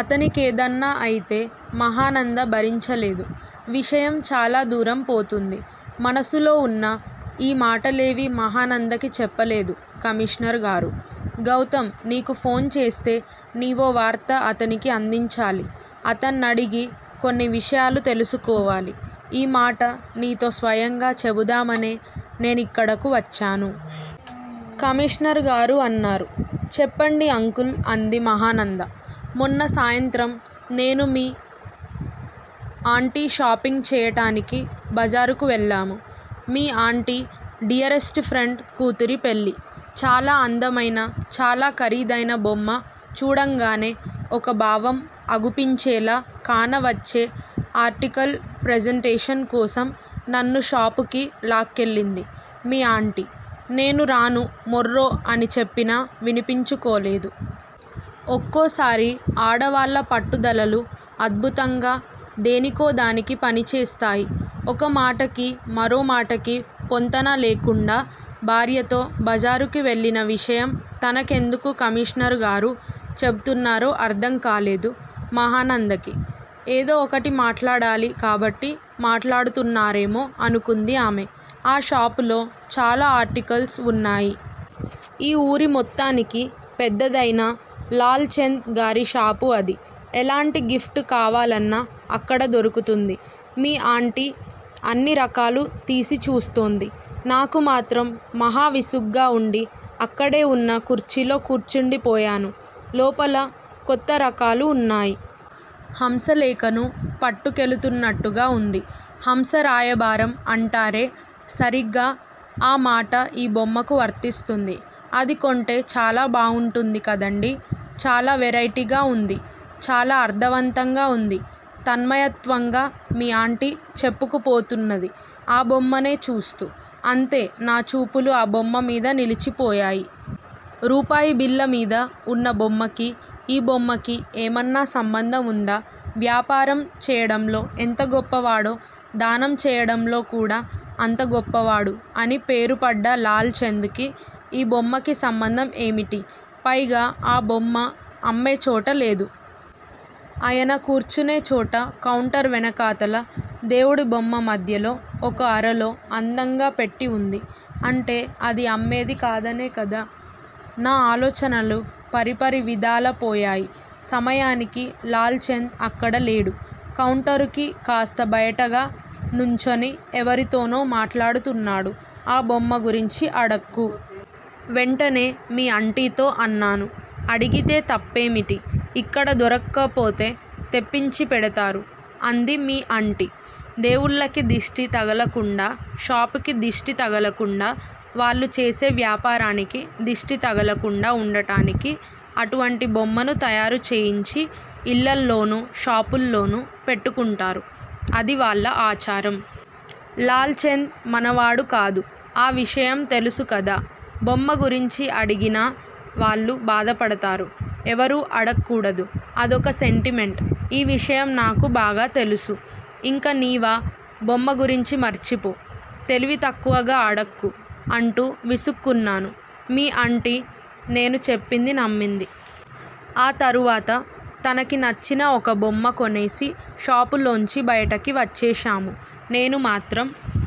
అతని కేదన్నా అయితే మహానంద భరించలేదు. విషయం చాలాదూరం పోతుంది. మనసులో వున్న ఈ మాటలేవీ మహానందకి చెప్పలేదు కమిషనరుగారు. గౌతం నీకు ఫోనుచేస్తే నీవో వార్త అతనికి అందించాలి. అతన్నడిగి కొన్ని విషయాలు తెలుసుకోవాలి. ఈ మాట నీతో స్వయంగా చెబుదామనే నేనిక్కడకు వచ్చాను. కమిషనరుగారు అన్నారు. చెప్పండి అంకుల్ అంది మహానంద. మొన్న సాయంత్రం నేను మీ అంటి షాపింగ్చెయ్యటానికి బజారుకి వెళ్ళాము. మీ అంటి డియరెస్ట్ ఫ్రెండ్ కూతురి పెళ్ళి. చాలా అందమైన, చాలా ఖరీదైన బొమ్మ చూడంగానే ఒక భావం అగుపించేలా కానవచ్చే అర్టికల్ ప్రెజెంటేషన్ కోసం నన్ను షాపుకి లాక్కెళ్ళింది మీ అంటి నేను రాను మొర్రో అని చెప్పినా వినిపించుకోలేదు. ఒక్కోసారి ఆడవాళ్ళ పట్టుదలలు అద్బుతంగా దేనికో దానికి పనిచేస్తాయి ఒక మాటకి మరో మాటకి పొంతన లేకుండా భార్యతో బజారుకి వెళ్ళిన విషయం తనకెందుకు కమిషనరుగారు చెబుతున్నారో అర్ధం కాలేదు మహానందకి, ఏదో ఒకటి మాట్లాడాలి కాబట్టి మాట్లాడుతున్నారేమో అనుకుంది ఆమె. ఆ షాపులో చాలా అర్టికల్స్ వున్నాయి. ఈ ఊరి మొత్తానికి పెద్దదైనా లాల్ చాంద్ గారి షాపు అది. ఎలాంటి గిఫ్ట్ కావాలన్నా అక్కడ దొరుకుతుంది. మీ అంటి అన్ని రకాలు తీసి చూస్తోంది. నాకు మాత్రం మహా విసుగ్గా వుండి అక్కడే వున్న కుర్చీలో కూర్చుండిపోయాను. లోపల కొత్త రకాలు వున్నాయి. హంసలేఖను పట్టుకెళుతున్నట్టుగా వుంది. హంసరాయభారం అంటారే సరీగా ఆ మాట ఈ బొమ్మకు వర్తిస్తుంది. అది కొంటె చాలా బాగుంటుంది కదండీ. చాలా వెరయిటిగా వుంది. చాలా అర్ధవంతంగా వుంది తన్మయత్వంగా మీ అంటి చెప్పుకుపోతున్నది ఆ బొమ్మనే చూస్తూ. అంతే నా చూపులు ఆ బొమ్మమిద నిలిచిపోయాయి. రూపాయి బిళ్ళ మీద వున్న బొమ్మకి, ఈ బొమ్మకి ఏమన్నా సంబంధం వుందా? వ్యాపారం చేయడంలో ఎంత గొప్పవాడో దానం చెయ్యడంలో కూడా అంత గొప్పవాడు అని పేరుపడ్డ లాల్ చంద్ కి, ఈ బొమ్మకి సంబంధం ఏమిటి? పైగా ఆ బొమ్మ అమ్మేచోట లేదు. అయన కూర్చునేచోట కౌంటర్ వెనకాతల దేవుడిబొమ్మ మధ్యలో ఒక అరలో అందంగా పెట్టి వుంది. అంటే అది అమ్మేది కాదనేకదా! నా ఆలోచనలు పరిపరి విధాలపోయాయి. సమయానికి లాల్ చంద్ అక్కడ లేడు. కౌంటరుకి కాస్త బయటగా నుంచొని ఎవరితోనో మాట్లాడుతున్నాడు. ఆ బొమ్మగురించి అడక్కు. వెంటనే మీ అంటితో అన్నాను. అడిగితే తప్పేమిటి? ఇక్కడ దొరక్కపోతే తెప్పించిపెడతారు. అంది మీ అంటి. దేవుళ్ళకి దిష్టి తగలకుండా షాపుకి దిష్టి తగలకుండా వాళ్ళు చేసే వ్యాపారానికి దిష్టి తగలకుండా వుండటానికి అటువంటి బొమ్మను తయారు చేయించి యిళ్ళల్లోనూ, షాపుల్లోనూ పెట్టుకుంటారు. అది వాళ్ళ ఆచారం. లాల్ చంద్ మనవాడు కాదు. ఆ విషయం తెలుసుకదా. బొమ్మ గురించి అడిగినా వాళ్ళు భాధపడతారు. ఎవరూ అడక్కూడదు. అదొక సెంటిమెంట్. ఈ విషయం నాకు బాగా తెలుసు. ఇంక నీవా బొమ్మ గురించి మర్చిపో, తెలివితక్కువగా అడక్కు, అంటూ విసుక్కున్నాను. మీ అంటి నేను చెప్పింది నమ్మింది. ఆ తరువాత తనకి నచ్చిన ఒక బొమ్మ కొనేసి షాపులోంచి బయటికి వచ్చేశాము. నేనేమాత్రం